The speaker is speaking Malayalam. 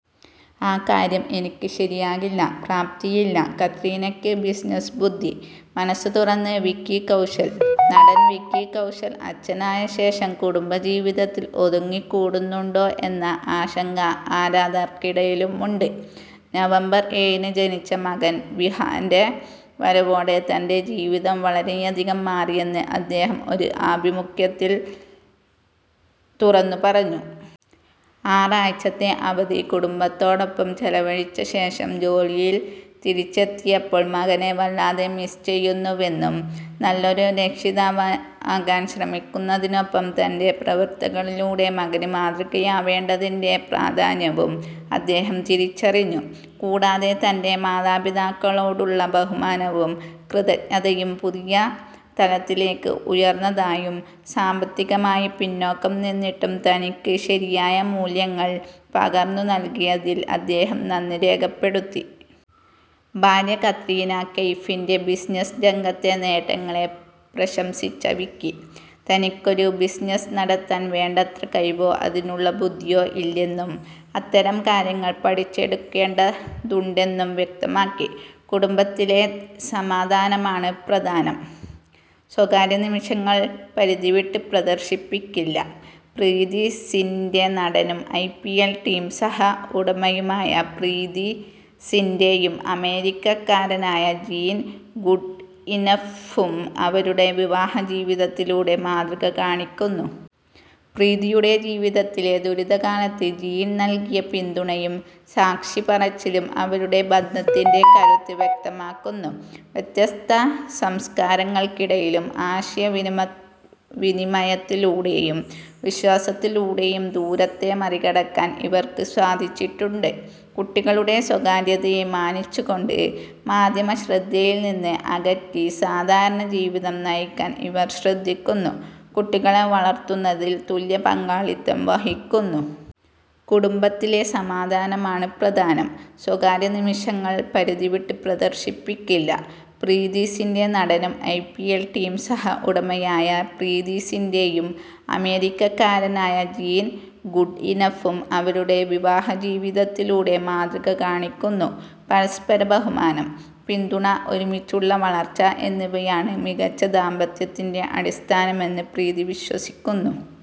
ആ കാര്യം എനിക്ക് ശരിയാകില്ല, പ്രാപ്തിയില്ല; കത്രീനയ്ക്ക് ബിസിനസ്സ് ബുദ്ധി: മനസ്സു തുറന്ന് വിക്കി കൗശൽ നടൻ വിക്കി കൗശൽ അച്ഛനായ ശേഷം കുടുംബ ജീവിതത്തിൽ ഒതുങ്ങിക്കൂടുന്നുണ്ടോ എന്ന ആശങ്ക ആരാധകർക്കിടയിലുണ്ട്, നവംബർ ഏഴിന് ജനിച്ച മകൻ വിഹാൻ്റെ വരവോടെ തൻ്റെ ജീവിതം വളരെയധികം മാറിയെന്ന് അദ്ദേഹം ഒരു അഭിമുഖത്തിൽ തുറന്നുപറഞ്ഞു. ആറാഴ്ചത്തെ അവധി കുടുംബത്തോടൊപ്പം ചെലവഴിച്ച ശേഷം ജോലിയിൽ തിരിച്ചെത്തിയപ്പോൾ മകനെ വല്ലാതെ മിസ്സ് ചെയ്യുന്നുവെന്നും, നല്ലൊരു രക്ഷിതാവാകാൻ ശ്രമിക്കുന്നതിനൊപ്പം തൻ്റെ പ്രവൃത്തികളിലൂടെ മകന് മാതൃകയാവേണ്ടതിൻ്റെ പ്രാധാന്യവും അദ്ദേഹം തിരിച്ചറിഞ്ഞു. കൂടാതെ, തൻ്റെ മാതാപിതാക്കളോടുള്ള ബഹുമാനവും കൃതജ്ഞതയും പുതിയ തലത്തിലേക്ക് ഉയർന്നതായും, സാമ്പത്തികമായി പിന്നോക്കം നിന്നിട്ടും തനിക്ക് ശരിയായ മൂല്യങ്ങൾ പകർന്നുനൽകിയതിൽ അദ്ദേഹം നന്ദി രേഖപ്പെടുത്തി. ഭാര്യ കത്രീന കൈഫിൻ്റെ ബിസിനസ്സ് രംഗത്തെ നേട്ടങ്ങളെ പ്രശംസിച്ച വിക്കി, തനിക്കൊരു ബിസിനസ്സ് നടത്താൻ വേണ്ടത്ര കഴിവോ അതിനുള്ള ബുദ്ധിയോ ഇല്ലെന്നും, അത്തരം കാര്യങ്ങൾ പഠിച്ചെടുക്കേണ്ടതുണ്ടെന്നും വ്യക്തമാക്കി. കുടുംബത്തിലെ സമാധാനമാണ് പ്രധാനം; സ്വകാര്യനിമിഷങ്ങൾ പരിധിവിട്ട് പ്രദർശിപ്പിക്കില്ല: പ്രീതി സിന്റ നടനും ഐപിഎൽ ടീം സഹ ഉടമയുമായ പ്രീതി സിന്റയും അമേരിക്കക്കാരനായ ജീൻ ഗുഡ്ഇനഫും അവരുടെ വിവാഹ ജീവിതത്തിലൂടെ മാതൃക കാണിക്കുന്നു. പ്രീതിയുടെ ജീവിതത്തിലെ ദുരിതകാലത്ത് ജീൻ നൽകിയ പിന്തുണയും സാക്ഷിപറച്ചിലും അവരുടെ ബന്ധത്തിന്റെ കരുത്ത് വ്യക്തമാക്കുന്നു. വ്യത്യസ്ത സംസ്കാരങ്ങൾക്കിടയിലും ആശയവിനിമയത്തിലൂടെയും വിശ്വാസത്തിലൂടെയും ദൂരത്തെ മറികടക്കാൻ ഇവർക്ക് സാധിച്ചിട്ടുണ്ട്. കുട്ടികളുടെ സ്വകാര്യതയെ മാനിച്ചുകൊണ്ട്, മാധ്യമ ശ്രദ്ധയിൽ നിന്ന് അകറ്റി സാധാരണ ജീവിതം നയിക്കാൻ ഇവർ ശ്രദ്ധിക്കുന്നു, കുട്ടികളെ വളർത്തുന്നതിൽ തുല്യ പങ്കാളിത്തം വഹിക്കുന്നു. കുടുംബത്തിലെ സമാധാനമാണ് പ്രധാനം; സ്വകാര്യനിമിഷങ്ങൾ പരിധിവിട്ട് പ്രദർശിപ്പിക്കില്ല: പ്രീതി സിന്റ നടനും ഐപിഎൽ ടീം സഹ ഉടമയുമായ പ്രീതി സിന്റയും അമേരിക്കക്കാരനായ ജീൻ ഗുഡ്ഇനഫും അവരുടെ വിവാഹ ജീവിതത്തിലൂടെ മാതൃക കാണിക്കുന്നു. പരസ്പര ബഹുമാനം, പിന്തുണ, ഒരുമിച്ചുള്ള വളർച്ച എന്നിവയാണ് മികച്ച ദാമ്പത്യത്തിന്റെ അടിസ്ഥാനമെന്ന് പ്രീതി വിശ്വസിക്കുന്നു.